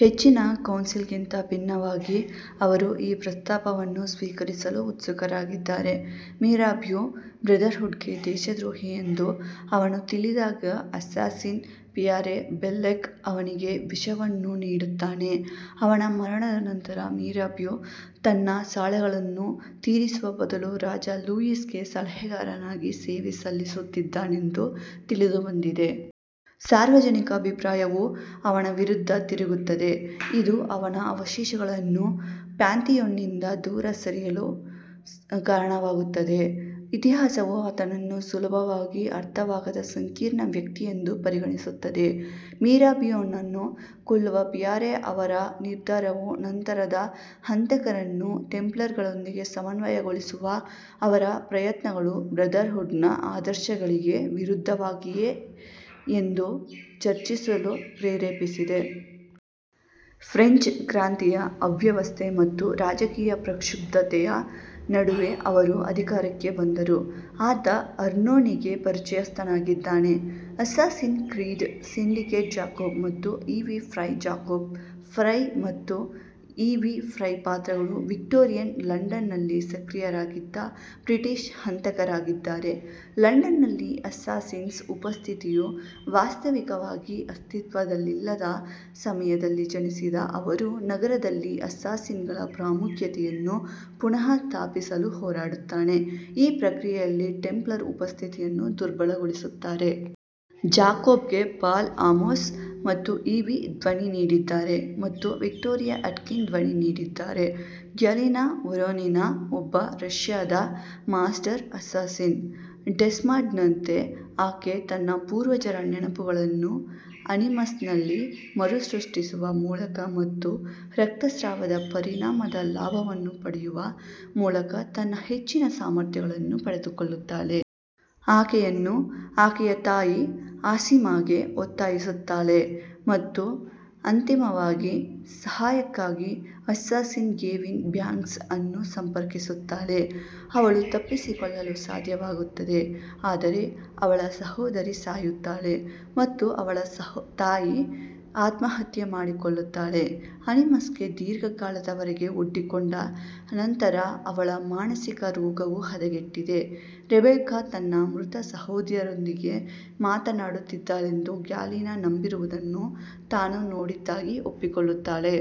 ಹೆಚ್ಚಿನ ಕೌನ್ಸಿಲ್ಗಿಂತ ಭಿನ್ನವಾಗಿ, ಅವರು ಈ ಪ್ರಸ್ತಾಪವನ್ನು ಸ್ವೀಕರಿಸಲು ಉತ್ಸುಕರಾಗಿದ್ದಾರೆ. ಮಿರಾಬ್ಯೂ ಬ್ರದರ್ಹುಡ್ಗೆ ದೇಶದ್ರೋಹಿ ಎಂದು ಅವನು ತಿಳಿದಾಗ, ಅಸ್ಸಾಸಿನ್ ಪಿಯರೆ ಬೆಲ್ಲೆಕ್ ಅವನಿಗೆ ವಿಷವನ್ನು ನೀಡುತ್ತಾನೆ. ಅವನ ಮರಣದ ನಂತರ, ಮಿರಾಬ್ಯೂ ತನ್ನ ಸಾಲಗಳನ್ನು ತೀರಿಸುವ ಬದಲು ರಾಜ ಲೂಯಿಸ್ ಗೆ ಸಲಹೆಗಾರನಾಗಿ ಸೇವೆ ಸಲ್ಲಿಸುತ್ತಿದ್ದನೆಂದು ತಿಳಿದುಬಂದಿದೆ. ಸಾರ್ವಜನಿಕ ಅಭಿಪ್ರಾಯವು ಅವನ ವಿರುದ್ಧ ತಿರುಗುತ್ತದೆ, ಇದು ಅವನ ಅವಶೇಷಗಳನ್ನು ಪಾಂಥಿಯೋನ್ನಿಂದ ದೂರ ಸರಿಸಲು ಕಾರಣವಾಗುತ್ತದೆ. ಇತಿಹಾಸವು ಆತನನ್ನು ಸುಲಭವಾಗಿ ಅರ್ಥವಾಗದ ಸಂಕೀರ್ಣ ವ್ಯಕ್ತಿಯೆಂದು ಪರಿಗಣಿಸುತ್ತದೆ. ಮಿರಾಬಿಯೊನನ್ನು ಕೊಲ್ಲುವ ಪಿಯರೆ ಅವರ ನಿರ್ಧಾರವು ನಂತರದ ಹಂತಕರನ್ನು ಟೆಂಪ್ಲರ್ಗಳೊಂದಿಗೆ ಸಮನ್ವಯಗೊಳಿಸುವ ಅವರ ಪ್ರಯತ್ನಗಳು ಬ್ರದರ್ಹುಡ್ನ ಆದರ್ಶಗಳಿಗೆ ವಿರುದ್ಧವಾಗಿವೆಯೇ ಎಂದು ಚರ್ಚಿಸಲು ಪ್ರೇರೇಪಿಸಿದೆ. ಫ್ರೆಂಚ್ ಕ್ರಾಂತಿಯ ಅವ್ಯವಸ್ಥೆ ಮತ್ತು ರಾಜಕೀಯ ಪ್ರಕ್ಷುಬ್ಧತೆಯ ನಡುವೆ ಅವರು ಅಧಿಕಾರಕ್ಕೆ ಬಂದರು. ಆತ ಅರ್ನೋನಿಗೆ ಪರಿಚಯಸ್ಥನಾಗಿದ್ದಾನೆ. ಅಸ್ಸಾಸಿನ್ಸ್ ಕ್ರೀಡ್ ಸಿಂಡಿಕೇಟ್ ಜಾಕೋಬ್ ಮತ್ತು ಈವಿ ಫ್ರೈ ಜಾಕೋಬ್ ಫ್ರೈ ಮತ್ತು ಈವಿ ಫ್ರೈ ಪಾತ್ರಗಳು ವಿಕ್ಟೋರಿಯನ್ ಲಂಡನ್ನಲ್ಲಿ ಸಕ್ರಿಯರಾಗಿದ್ದ ಬ್ರಿಟಿಷ್ ಹಂತಕರಾಗಿದ್ದಾರೆ. ಲಂಡನ್ನಲ್ಲಿ ಅಸ್ಸಾಸಿನ್ ಉಪಸ್ಥಿತಿಯು ವಾಸ್ತವಿಕವಾಗಿ ಅಸ್ತಿತ್ವದಲ್ಲಿಲ್ಲದ ಸಮಯದಲ್ಲಿ ಜನಿಸಿದ ಅವರು, ನಗರದಲ್ಲಿ ಅಸ್ಸಾಸಿನ್ಗಳ ಪ್ರಾಮುಖ್ಯತೆಯನ್ನು ಪುನಃಸ್ಥಾಪಿಸಲು ಹೋರಾಡುತ್ತಾರೆ, ಈ ಪ್ರಕ್ರಿಯೆಯಲ್ಲಿ ಟೆಂಪ್ಲರ್ ಉಪಸ್ಥಿತಿಯನ್ನು ದುರ್ಬಲಗೊಳಿಸುತ್ತಾರೆ. ಜಾಕೋಬ್ಗೆ ಪಾಲ್ ಅಮೋಸ್ ಮತ್ತು ಈವಿ ಧ್ವನಿ ನೀಡಿದ್ದಾರೆ ಮತ್ತು ವಿಕ್ಟೋರಿಯಾ ಅಟ್ಕಿನ್ ಧ್ವನಿ ನೀಡಿದ್ದಾರೆ. ಗ್ಯಾಲಿನಾ ವೊರೊನಿನಾ ಒಬ್ಬ ರಷ್ಯಾದ ಮಾಸ್ಟರ್ ಅಸ್ಸಾಸಿನ್. ಡೆಸ್ಮಂಡ್ನಂತೆ, ಆಕೆ ತನ್ನ ಪೂರ್ವಜರ ನೆನಪುಗಳನ್ನು ಅನಿಮಸ್ನಲ್ಲಿ ಮರುಸೃಷ್ಟಿಸುವ ಮೂಲಕ ಮತ್ತು ರಕ್ತಸ್ರಾವದ ಪರಿಣಾಮದ ಲಾಭವನ್ನು ಪಡೆಯುವ ಮೂಲಕ ತನ್ನ ಹೆಚ್ಚಿನ ಸಾಮರ್ಥ್ಯಗಳನ್ನು ಪಡೆದುಕೊಳ್ಳುತ್ತಾಳೆ. ಆಕೆಯನ್ನು ಆಕೆಯ ತಾಯಿಯು ಆನಿಮಸ್ಗೆ ಒತ್ತಾಯಿಸುತ್ತಾಳೆ ಮತ್ತು ಅಂತಿಮವಾಗಿ ಸಹಾಯಕ್ಕಾಗಿ ಅಸ್ಸಾಸಿನ್ ಗೇವಿನ್ ಬ್ಯಾಂಕ್ಸ್ ಅನ್ನು ಸಂಪರ್ಕಿಸುತ್ತಾಳೆ. ಅವಳು ತಪ್ಪಿಸಿಕೊಳ್ಳಲು ಸಾಧ್ಯವಾಗುತ್ತದೆ, ಆದರೆ ಅವಳ ಸಹೋದರಿ ಸಾಯುತ್ತಾಳೆ ಮತ್ತು ಅವಳ ತಾಯಿ ಆತ್ಮಹತ್ಯೆ ಮಾಡಿಕೊಳ್ಳುತ್ತಾಳೆ. ಅನಿಮಸ್ಗೆ ದೀರ್ಘಕಾಲದವರೆಗೆ ಒಡ್ಡಿಕೊಂಡ ನಂತರ, ಅವಳ ಮಾನಸಿಕ ಆರೋಗ್ಯವು ಹದಗೆಟ್ಟಿದೆ; ರೆಬೆಕ್ಕಾ ತನ್ನ ಮೃತ ಸಹೋದರಿಯೊಂದಿಗೆ ಮಾತನಾಡುತ್ತಿದ್ದಾಳೆಂದು ಗ್ಯಾಲಿನಾ ನಂಬಿರುವುದನ್ನು ತಾನು ನೋಡಿದ್ದಾಗಿ ಒಪ್ಪಿಕೊಳ್ಳುತ್ತಾಳೆ.